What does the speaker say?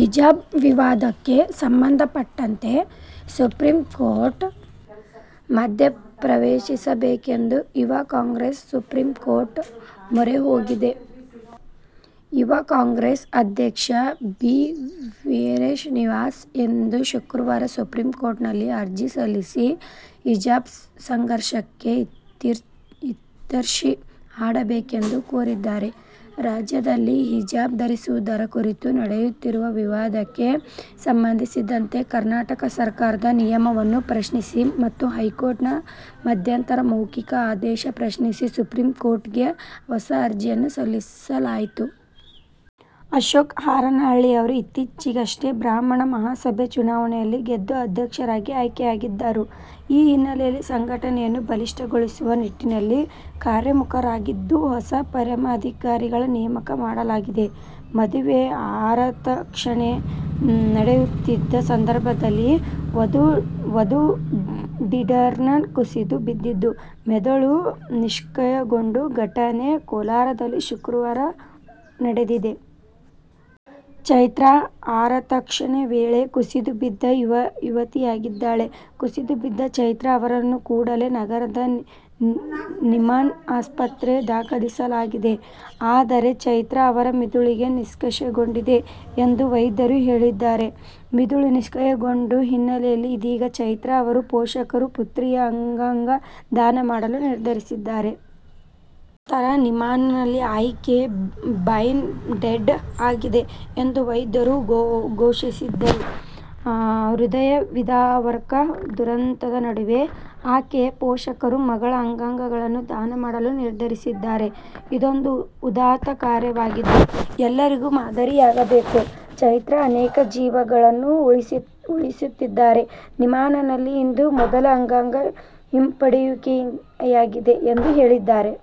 ಹಿಜಾಬ್ ವಿವಾದಕ್ಕೆ ಸಂಬಂಧಪಟ್ಟಂತೆ ಸುಪ್ರೀಂ ಕೋರ್ಟ್ ಮಧ್ಯೆ ಪ್ರವೇಶಿಸಬೇಕೆಂದು ಯುವ ಕಾಂಗ್ರೆಸ್ ಸುಪ್ರೀಂ ಕೋರ್ಟ್ ಮೊರೆ ಹೋಗಿದೆ. ಯುವ ಕಾಂಗ್ರೆಸ್ ಅಧ್ಯಕ್ಷ ಬಿ ವಿಶ್ರೀನಿವಾಸ್ ಇಂದು ಶುಕ್ರವಾರ ಸುಪ್ರೀಂ ಕೋರ್ಟ್ ನಲ್ಲಿ ಅರ್ಜಿ ಸಲ್ಲಿಸಿ ಹಿಜಾಬ್ ಸಂಘರ್ಷಕ್ಕೆ ಇತಿಶ್ರೀ ಹಾಡಬೇಕೆಂದು ಕೋರಿದ್ದಾರೆ. ರಾಜ್ಯದಲ್ಲಿ ಹಿಜಾಬ್ ಧರಿಸುವುದರ ಕುರಿತು ನಡೆಯುತ್ತಿರುವ ವಿವಾದಕ್ಕೆ ಸಂಬಂಧಿಸಿದಂತೆ ಕರ್ನಾಟಕ ಸರ್ಕಾರದ ನಿಯಮವನ್ನು ಪ್ರಶ್ನಿಸಿ ಮತ್ತು ಹೈಕೋರ್ಟ್ ನ ಮಧ್ಯಂತರ ಮೌಖಿಕ ಆದೇಶ ಪ್ರಶ್ನಿಸಿ ಸುಪ್ರೀಂ ಕೋರ್ಟ್ಗೆ ಹೊಸ ಅರ್ಜಿಯನ್ನು ಸಲ್ಲಿಸಲಾಯಿತು. ಅಶೋಕ್ ಹಾರನಹಳ್ಳಿ ಅವರು ಇತ್ತೀಚೆಗಷ್ಟೇ ಬ್ರಾಹ್ಮಣ ಮಹಾಸಭೆಯ ಚುನಾವಣೆಯಲ್ಲಿ ಗೆದ್ದು ಅಧ್ಯಕ್ಷರಾಗಿ ಆಯ್ಕೆಯಾಗಿದ್ದರು. ಈ ಹಿನ್ನೆಲೆಯಲ್ಲಿ ಸಂಘಟನೆಯನ್ನು ಬಲಿಷ್ಠಗೊಳಿಸುವ ನಿಟ್ಟಿನಲ್ಲಿ ಕಾರ್ಯೋಮುಖರಾಗಿದ್ದು ಹೊಸ ಪದಾಧಿಕಾರಿಗಳ ನೇಮಕ ಮಾಡಲಾಗುತ್ತಿದೆ. ಮದುವೆಯ ಆರತಕ್ಷತೆ ನಡೆಯುತ್ತಿದ್ದ ಸಂದರ್ಭದಲ್ಲಿ ವಧು ದಿಢೀರನೇ ಕುಸಿದು ಬಿದ್ದಿದ್ದು, ಮೆದುಳು ನಿಷ್ಕ್ರಿಯಗೊಂಡ ಘಟನೆ ಕೋಲಾರದಲ್ಲಿ ಶುಕ್ರವಾರ ನಡೆದಿದೆ. ಚೈತ್ರಾ ಆರತಕ್ಷತೆ ವೇಳೆ ಕುಸಿದುಬಿದ್ದ ಯುವತಿಯಾಗಿದ್ದಾಳೆ. ಕುಸಿದುಬಿದ್ದ ಚೈತ್ರಾ ಅವರನ್ನು ಕೂಡಲೇ ನಗರದ ನಿಮ್ಹಾನ್ಸ್ ಆಸ್ಪತ್ರೆಗೆ ದಾಖಲಿಸಲಾಗಿದೆ. ಆದರೆ, ಚೈತ್ರಾ ಅವರ ಮಿದುಳು ನಿಷ್ಕ್ರಿಯಗೊಂಡಿದೆ ಎಂದು ವೈದ್ಯರು ಹೇಳಿದ್ದಾರೆ. ಮಿದುಳು ನಿಷ್ಕ್ರಿಯಗೊಂಡ ಹಿನ್ನೆಲೆಯಲ್ಲಿ ಇದೀಗ ಚೈತ್ರಾ ಅವರ ಪೋಷಕರು, ಪುತ್ರಿಯ ಅಂಗಾಂಗ ದಾನ ಮಾಡಲು ನಿರ್ಧರಿಸಿದ್ದಾರೆ. ನಂತರ ನಿಮ್ಹಾನ್ಸ್ನಲ್ಲಿ ಆಕೆಯ ಬ್ರೈನ್ ಡೆಡ್ ಆಗಿದೆ ಎಂದು ವೈದ್ಯರು ಘೋಷಿಸಿದರು. ಹೃದಯವಿದ್ರಾವಕ ದುರಂತದ ನಡುವೆಯೂ ಆಕೆಯ ಪೋಷಕರು ಮಗಳ ಅಂಗಾಂಗಗಳನ್ನು ದಾನ ಮಾಡಲು ನಿರ್ಧರಿಸಿದ್ದಾರೆ. ಇದೊಂದು ಉದಾತ್ತ ಕಾರ್ಯವಾಗಿದ್ದು, ಎಲ್ಲರಿಗೂ ಮಾದರಿಯಾಗಬೇಕು. ಚೈತ್ರಾ ಅನೇಕ ಜೀವಗಳನ್ನು ಉಳಿಸುತ್ತಿದ್ದಾರೆ. ನಿಮ್ಹಾನ್ಸ್ನಲ್ಲಿ ಇದು ಮೊದಲ ಅಂಗಾಂಗ ಹಿಂಪಡೆಯುವಿಕೆಯಾಗಿದೆ ಎಂದು ಹೇಳಿದ್ದಾರೆ.